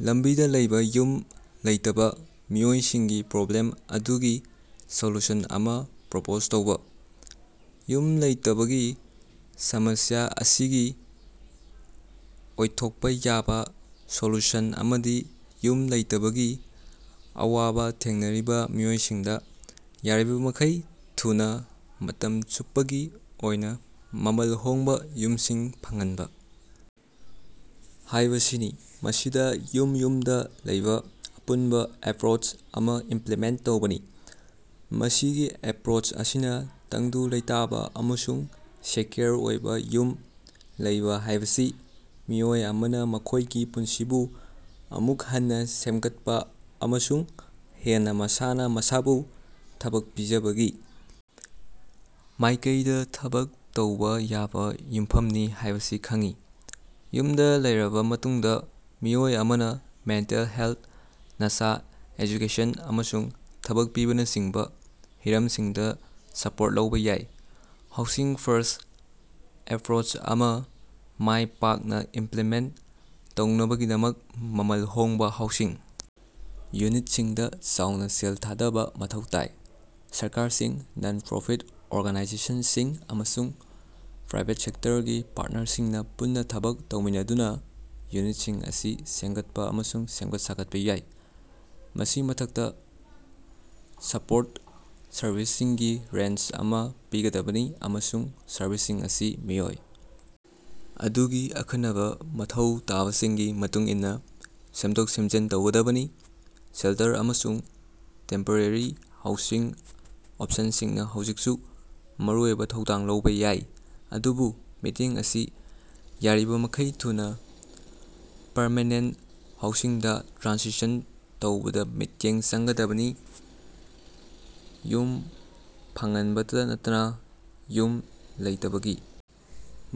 ꯂꯝꯕꯤꯗ ꯂꯩꯕ ꯌꯨꯝ ꯂꯩꯇꯕꯥ ꯃꯤꯑꯣꯏꯁꯤꯡꯒꯤ ꯄ꯭ꯔꯣꯕ꯭ꯂꯦꯝ ꯑꯗꯨꯒꯤ ꯁꯣꯂꯨꯁꯟ ꯑꯃ ꯄ꯭ꯔꯄꯣꯖ ꯇꯧꯕ꯫ ꯌꯨꯝ ꯂꯩꯇꯕꯒꯤ ꯁꯃꯁ꯭ꯌꯥ ꯑꯁꯤꯒꯤ ꯑꯣꯏꯊꯣꯛꯄ ꯌꯥꯕ ꯁꯣꯂꯨꯁꯟ ꯑꯃꯗꯤ ꯌꯨꯝ ꯂꯩꯇꯕꯒꯤ ꯑꯋꯥꯕ ꯊꯦꯡꯅꯔꯤꯕ ꯃꯤꯑꯣꯏꯁꯤꯡꯗ ꯌꯥꯔꯤꯕꯃꯈꯩ ꯊꯨꯅ ꯃꯇꯝ ꯆꯨꯞꯄꯒꯤ ꯑꯣꯏꯅ, ꯃꯃꯜ ꯍꯣꯡꯕ ꯌꯨꯝꯁꯤꯡ ꯐꯪꯍꯟꯕ ꯍꯥꯏꯕꯁꯤꯅꯤ, ꯃꯁꯤꯗ ꯌꯨꯝ-ꯌꯨꯝꯗ ꯂꯩꯕ ꯑꯄꯨꯟꯕ ꯑꯦꯄ꯭ꯔꯣꯆ ꯑꯃ ꯏꯝꯄ꯭ꯂꯤꯃꯦꯟꯇ ꯇꯧꯕꯅꯤ꯫ ꯃꯁꯤꯒꯤ ꯑꯦꯄ꯭ꯔꯣꯆ ꯑꯁꯤꯅ ꯇꯪꯗꯨ ꯂꯩꯇꯥꯕ ꯑꯃꯁꯨꯡ ꯁꯦꯀ꯭ꯌꯨꯔ ꯑꯣꯏꯕ ꯌꯨꯝ ꯂꯩꯕ ꯍꯥꯏꯕꯁꯤ ꯃꯤꯑꯣꯏ ꯑꯃꯅ ꯃꯈꯣꯏꯒꯤ ꯄꯨꯟꯁꯤꯕꯨ ꯑꯃꯨꯛ ꯍꯟꯅ ꯁꯦꯝꯒꯠꯄ ꯑꯃꯁꯨꯡ ꯍꯦꯟꯅ ꯃꯁꯥꯅ ꯃꯁꯥꯕꯨ ꯊꯕꯛ ꯄꯤꯖꯕꯒꯤ ꯃꯥꯏꯀꯩꯗ ꯊꯕꯛ ꯇꯧꯕ ꯌꯥꯕ ꯌꯨꯝꯐꯝꯅꯤ ꯍꯥꯏꯕꯁꯤ ꯈꯪꯏ꯫ ꯌꯨꯝꯗ ꯂꯩꯔꯕꯥ ꯃꯇꯨꯡꯗ, ꯃꯤꯑꯣꯏ ꯑꯃꯅ ꯃꯦꯟꯇꯦꯜ ꯍꯦꯜꯊ, ꯅꯁꯥ, ꯑꯦꯖꯨꯀꯦꯁꯟ, ꯑꯃꯁꯨꯡ ꯊꯕꯛ ꯄꯤꯕꯅꯆꯤꯡꯕ ꯍꯤꯔꯝꯁꯤꯡꯗ ꯁꯄꯣꯔꯠ ꯂꯧꯕ ꯌꯥꯏ꯫ ꯍꯥꯎꯁꯤꯡ-ꯐꯔꯁ꯭ꯠ ꯑꯦꯄ꯭ꯔꯣꯆ ꯑꯃ ꯃꯥꯏ ꯄꯥꯛꯅ ꯏꯝꯄ꯭ꯂꯤꯃꯦꯟꯇ ꯇꯧꯅꯕꯒꯤꯗꯃꯛ, ꯃꯃꯜ ꯍꯣꯡꯕ ꯍꯥꯎꯁꯤꯡ ꯌꯨꯅꯤꯠꯁꯤꯡꯗ ꯆꯥꯎꯅ ꯁꯦꯜ ꯊꯥꯗꯕ ꯃꯊꯧ ꯇꯥꯏ꯫ ꯁꯔꯀꯥꯔꯁꯤꯡ, ꯅꯟ-ꯄ꯭ꯔꯣꯐꯤꯠ ꯑꯣꯔꯒꯅꯥꯏꯖꯦꯁꯟꯁꯤꯡ, ꯑꯃꯁꯨꯡ ꯄ꯭ꯔꯥꯏꯕꯦꯠ ꯁꯦꯛꯇꯔꯒꯤ ꯄꯥꯔꯇꯅꯔꯁꯤꯡꯅ ꯄꯨꯟꯅ ꯊꯕꯛ ꯇꯧꯃꯤꯟꯅꯗꯨꯅ ꯌꯨꯅꯤꯠꯁꯤꯡ ꯑꯁꯤ ꯁꯦꯝꯒꯠꯄ ꯑꯃꯁꯨꯡ ꯁꯦꯝꯒꯠ-ꯁꯥꯒꯠꯄ ꯌꯥꯏ꯫ ꯃꯁꯤꯒꯤ ꯃꯊꯛꯇ, ꯁꯄꯣꯔꯠ ꯁꯔꯚꯤꯁꯁꯤꯡꯒꯤ ꯔꯦꯟꯖ ꯑꯃ ꯄꯤꯒꯗꯕꯅꯤ, ꯑꯃꯁꯨꯡ ꯁꯔꯚꯤꯁꯁꯤꯡ ꯑꯁꯤ ꯃꯤꯑꯣꯏ ꯑꯗꯨꯒꯤ ꯑꯈꯟꯅꯕ ꯃꯊꯧ ꯇꯥꯕꯁꯤꯡꯒꯤ ꯃꯇꯨꯡꯏꯟꯅ ꯁꯦꯝꯗꯣꯛ-ꯁꯦꯝꯖꯤꯟ ꯇꯧꯒꯗꯕꯅꯤ꯫ ꯁꯦꯜꯇꯔ ꯑꯃꯁꯨꯡ ꯇꯦꯝꯄꯔꯦꯔꯤ ꯍꯥꯎꯁꯤꯡ ꯑꯣꯞꯁꯟꯁꯤꯡꯅ ꯍꯧꯖꯤꯛꯁꯨ ꯃꯔꯨꯑꯣꯏꯕ‌ ꯊꯧꯗꯥꯡ ꯂꯧꯕ‌ ꯌꯥꯏ, ꯑꯗꯨꯕꯨ ꯃꯤꯠꯌꯦꯡ ꯑꯁꯤ ꯌꯥꯔꯤꯕꯃꯈꯩ ꯊꯨꯅ ꯄꯔꯃꯦꯅꯦꯟꯇ ꯍꯥꯎꯁꯤꯡꯗ ꯇ꯭ꯔꯥꯟꯁꯤꯁꯟ ꯇꯧꯕꯗ ꯃꯤꯠꯌꯦꯡ ꯆꯪꯒꯗꯕꯅꯤ꯫ ꯌꯨꯝ ꯐꯪꯍꯟꯕꯇ ꯅꯠꯇꯅꯥ, ꯌꯨꯝ ꯂꯩꯇꯕꯒꯤ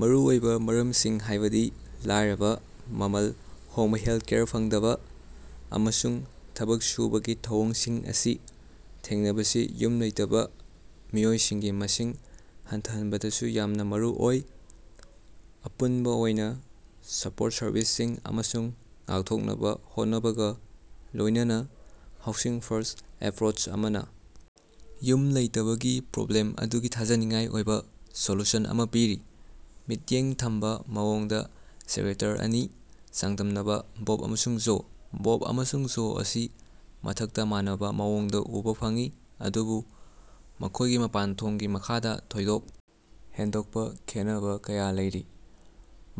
ꯃꯔꯨ ꯑꯣꯏꯕ ꯃꯔꯝꯁꯤꯡ ꯍꯥꯏꯕꯗꯤ ꯂꯥꯏꯔꯕ, ꯃꯃꯜ ꯍꯣꯡꯕꯥꯍꯦꯜꯊꯀꯦꯌꯔ ꯐꯪꯗꯕ, ꯑꯃꯁꯨꯡ ꯊꯕꯛ ꯁꯨꯕꯒꯤ ꯊꯧꯑꯣꯡꯁꯤꯡ ꯑꯁꯤ ꯊꯦꯡꯅꯕꯁꯤ ꯌꯨꯝ ꯂꯩꯇꯕ ꯃꯤꯑꯣꯏꯁꯤꯡꯒꯤ ꯃꯁꯤꯡ ꯍꯟꯊꯍꯟꯕꯗꯁꯨ ꯌꯥꯝꯅ ꯃꯔꯨ ꯑꯣꯏ꯫ ꯑꯄꯨꯟꯕ ꯑꯣꯏꯅ, ꯁꯄꯣꯔꯠ ꯁꯔꯚꯤꯁꯁꯤꯡ ꯑꯃꯁꯨꯡ ꯉꯥꯛꯊꯣꯛꯅꯕꯥ ꯍꯣꯠꯅꯕꯒ ꯂꯣꯏꯅꯅꯥ ꯍꯥꯎꯁꯤꯡ-ꯐꯔꯁ꯭ꯠ ꯑꯦꯄ꯭ꯔꯣꯆ ꯑꯃꯅ ꯌꯨꯝ ꯂꯩꯇꯕꯒꯤ ꯄ꯭ꯔꯣꯕ꯭ꯂꯦꯝ ꯑꯗꯨꯒꯤ ꯊꯥꯖꯅꯤꯡꯉꯥꯏ ꯑꯣꯏꯕ ꯁꯣꯂꯨꯁꯟ ꯑꯃ ꯄꯤꯔꯤ꯫ ꯃꯤꯠꯌꯦꯡ ꯊꯝꯕ ꯃꯑꯣꯡꯗ ꯆꯦꯛꯔꯦꯇꯔ ꯑꯅꯤ ꯆꯥꯡꯗꯝꯅꯕꯥ - ꯕꯣꯕ ꯑꯃꯁꯨꯡ ꯖꯣ꯫ ꯕꯣꯕ ꯑꯃꯁꯨꯡ ꯖꯣ ꯑꯁꯤ ꯃꯊꯛꯇ ꯃꯥꯟꯅꯕꯥ ꯃꯑꯣꯡꯗ ꯎꯕꯥ ꯐꯪꯏ ꯑꯗꯨꯕꯨ ꯃꯈꯣꯏꯒꯤ ꯃꯄꯥꯟꯊꯣꯡꯒꯤ ꯃꯈꯥꯗ, ꯊꯣꯏꯗꯣꯛ ꯍꯦꯟꯗꯣꯛꯄ ꯈꯦꯟꯅꯕꯥ ꯀꯌꯥ ꯂꯩꯔꯤ꯫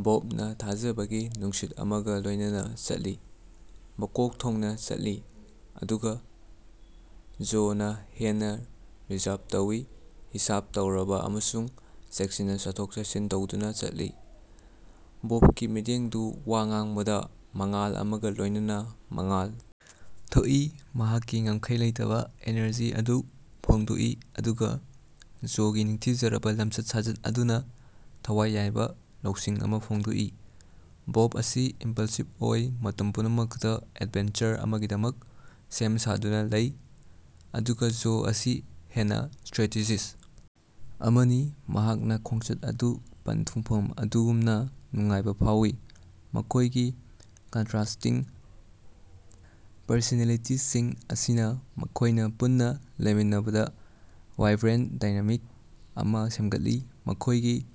ꯕꯣꯕꯅꯥ ꯊꯥꯖꯕꯒꯤ ꯅꯨꯡꯁꯤꯠ ꯑꯃꯒ ꯂꯣꯏꯅꯅꯥ ꯆꯠꯂꯤ, ꯃꯀꯣꯛ ꯊꯣꯡꯅ ꯆꯠꯂꯤ, ꯑꯗꯨꯒ ꯖꯣꯅꯥ ꯍꯦꯟꯅ ꯔꯤꯖꯔꯚ ꯇꯧꯏ, ꯍꯤꯁꯥꯕ ꯇꯧꯔꯕꯥ ꯑꯃꯁꯨꯡ ꯆꯦꯛꯁꯤꯟꯅ ꯆꯠꯊꯣꯛ-ꯆꯠꯁꯤꯟ ꯇꯧꯗꯨꯅ ꯆꯠꯂꯤ꯫ ꯕꯣꯕꯀꯤ ꯃꯤꯠꯌꯦꯡꯗꯨ ꯋꯥ ꯉꯥꯡꯕꯗ ꯃꯉꯥꯜ ꯑꯃꯒ ꯂꯣꯏꯅꯅ ꯃꯉꯥꯜ ꯊꯣꯛꯏ, ꯃꯍꯥꯛꯀꯤ ꯉꯝꯈꯩ ꯂꯩꯇꯕꯥ ꯏꯅꯔꯖꯤ ꯑꯗꯨ ꯐꯣꯡꯗꯣꯛꯏ ꯑꯗꯨꯒ ꯖꯣꯒꯤ ꯅꯤꯡꯊꯤꯖꯔꯕꯥ ꯂꯝꯆꯠ-ꯁꯥꯖꯠ ꯑꯗꯨꯅ ꯊꯋꯥꯏ ꯌꯥꯏꯕ ꯂꯧꯁꯤꯡ ꯑꯃ ꯐꯣꯡꯗꯣꯛꯏ꯫ ꯕꯣꯕ ꯑꯁꯤ ꯏꯝꯄꯜꯁꯤꯕ ꯑꯣꯏ, ꯃꯇꯝ ꯄꯨꯝꯅꯃꯛꯇ ꯑꯦꯗꯚꯦꯟꯆꯔ ꯑꯃꯒꯤꯗꯃꯛ ꯁꯦꯝ ꯁꯥꯗꯨꯅ ꯂꯩ, ꯑꯗꯨꯒ‌ ꯖꯣ ꯑꯁꯤ ꯍꯦꯟꯅ ꯁ꯭ꯇꯔꯦꯇꯦꯖꯤꯁ꯭ꯠ ꯑꯃꯅꯤ, ꯃꯍꯥꯛꯅ ꯈꯣꯡꯆꯠ ꯑꯗꯨ ꯄꯟꯊꯨꯡꯐꯝ ꯑꯗꯨꯒꯨꯝꯅ‌ ꯅꯨꯡꯉꯥꯏꯕ ꯐꯥꯎꯏ꯫ ꯃꯈꯣꯏꯒꯤ ꯀꯟꯇꯔꯥꯁ꯭ꯇꯤꯡ ꯄꯔꯁꯣꯅꯦꯂꯤꯇꯤꯁꯤꯡ ꯑꯁꯤꯅ ꯃꯈꯣꯏꯅ ꯄꯨꯟꯅ ꯂꯩꯃꯤꯟꯅꯕꯗ ꯋꯥꯏꯕ꯭ꯔꯦꯟꯇ ꯗꯥꯏꯅꯥꯃꯤꯛ ꯑꯃ ꯁꯦꯝꯒꯠꯂꯤ, ꯃꯈꯣꯏꯒꯤ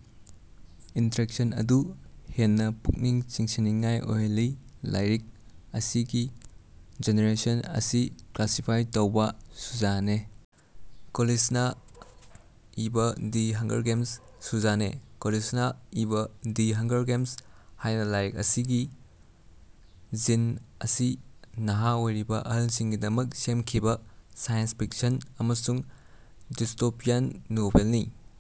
ꯏꯟꯇꯔꯦꯛꯁꯟ ꯑꯗꯨ ꯍꯦꯟꯅ ꯄꯨꯛꯅꯤꯡ ꯆꯤꯡꯁꯤꯟꯅꯤꯡꯉꯥꯏ ꯑꯣꯏꯍꯜꯂꯤ꯫ ꯂꯥꯏꯔꯤꯛ ꯑꯁꯤꯒꯤ ꯖꯦꯅꯔꯦꯁꯟ ꯑꯁꯤ ꯀ꯭ꯂꯥꯁꯤꯐꯥꯏ ꯇꯧꯕꯥ꯫ ꯁꯨꯖꯥꯅꯦ ꯀꯣꯂꯤꯟꯁꯅꯥ ꯏꯕꯥ ꯗꯤ ꯍꯪꯒꯔ ꯒꯦꯝꯁ꯫ ꯁꯨꯖꯥꯅꯦ ꯀꯣꯂꯤꯟꯁꯅꯥ ꯏꯕꯥ, ꯗꯤ ꯍꯪꯒꯔ ꯒꯦꯝꯁ ꯍꯥꯏꯕ‌ ꯂꯥꯏꯔꯤꯛ ꯑꯁꯤꯒꯤ ꯖꯤꯟ ꯑꯁꯤ ꯅꯍꯥ ꯑꯣꯏꯔꯤꯕ ꯑꯍꯜꯁꯤꯡꯒꯤꯗꯃꯛ ꯁꯦꯝꯈꯤꯕ ꯁꯥꯏꯟꯁ ꯐꯤꯛꯁꯟ ꯑꯃꯁꯨꯡ ꯗꯤꯁꯇꯣꯄꯤꯌꯥꯟ ꯅꯣꯚꯦꯜꯅꯤ꯫